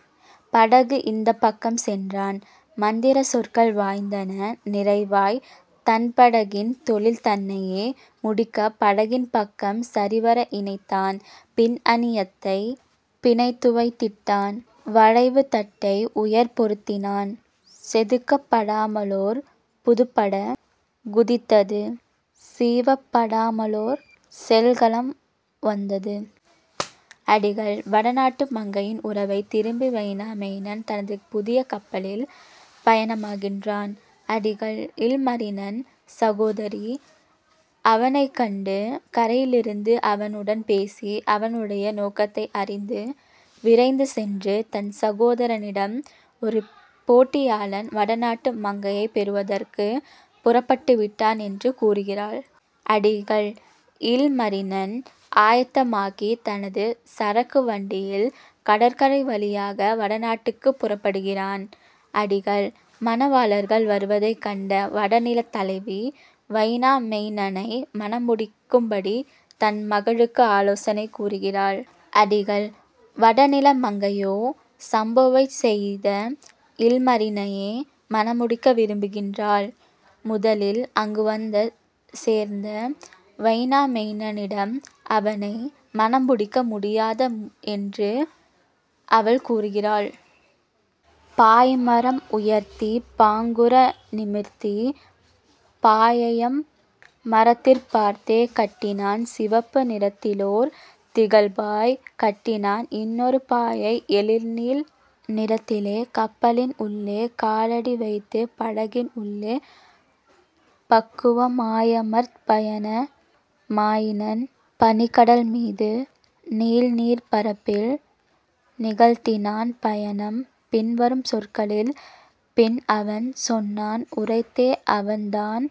" படகு இந்த பக்கம் சென்றான் மந்திரச் சொற்கள் வாய்ந்தன நிறைவாய் தன்பட கின்தொழில் தன்னையே முடிக்க படகின் பக்கம் சரிவர இணைத்தான் பின்அணி யத்தைப் பிணைத்துவைத் திட்டான் வளைவுத் தட்டை உயரப் பொருத்தினான் செதுக்கப் படாமலோர் புதுப்பட குதித்தது சீவப் படாமலோர் செல்கலம் வந்தது. அடிகள்: வடநாட்டு மங்கையின் உறவை திரும்பி வைனாமொயினன் தனது புதிய கப்பலில் பயணமாகின்றான். அடிகள்: இல்மரினின் சகோதரி அவனைக் கண்டு, கரையிலிருந்து அவனுடன் பேசி, அவனுடைய நோக்கத்தை அறிந்து, விரைந்து சென்று தன் சகோதரனிடம் ஒரு போட்டியாளன் வடநாட்டு மங்கையைப் பெறுவதற்குப் புறப்பட்டுவிட்டான் என்று கூறுகிறாள். அடிகள்: இல்மரினன் ஆயத்தமாகித் தனது சறுக்கு வண்டியில் கடற்கரை வழியாக வடநாட்டுக்குப் புறப்படுகிறான். அடிகள்: மணவாளர்கள் வருவதைக் கண்ட வடநிலத் தலைவி, வைனாமொயினனை மணம் முடிக்கும்படி தன் மகளுக்கு ஆலோசனை கூறுகிறாள். அடிகள் வடநில மங்கையோ சம்போவைச் செய்த இல்மரினனையே மணமுடிக்க விரும்புகின்றாள். முதலில் அங்கு வந்து சேர்ந்த வைனாமொயினனிடம் அவனை மணம் முடிக்க முடியாது என்று அவள் கூறுகிறாள். பாய்மரம் உயர்த்தி பாங்குற நிமிர்த்தி பாயையம் மரத்திற் பார்த்தே கட்டினான் சிவப்பு நிறத்திலோர் திகழ்பாய் கட்டினான் இன்னொரு பாயை எழில்நீல் நிறத்திலே கப்பலின் உள்ளே காலடி வைத்து படகின் உள்ளே பக்குவ மாயமர்ந் பயண மாயினன் பனிக்கடல் மீது நீல்நீர்ப் பரப்பில் நிகழ்த்தினான் பயணம். பின்வரும் சொற்களில் பின்அவன் சொன்னான் உரைத்தே அவன்தான்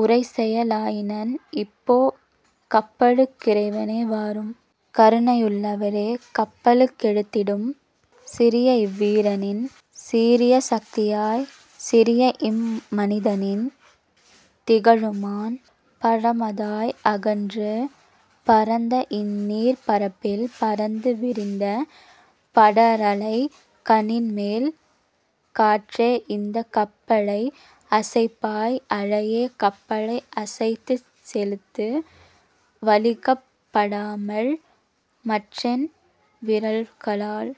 உரைசெய லாயினன்: "இப்போ கப்பலுக் கிறைவனே, வாரும்! கருணையுள் ளவரே, கப்பலுக் கெழுந்திடும்! சிறியஇவ் வீரனின் சீரிய சக்தியாய், சிறியஇம் மனிதனின் திகழுமாண் பலமதாய், அகன்று பரந்த இந்நீர்ப் பரப்பில் பரந்து விரிந்த படரலை களின்மேல். காற்றே இந்தக் கப்பலை அசைப்பாய் அலையே கப்பலை அசைத்துச் செலுத்து வலிக்கப் படாமல் மற்றென் விரல்களால்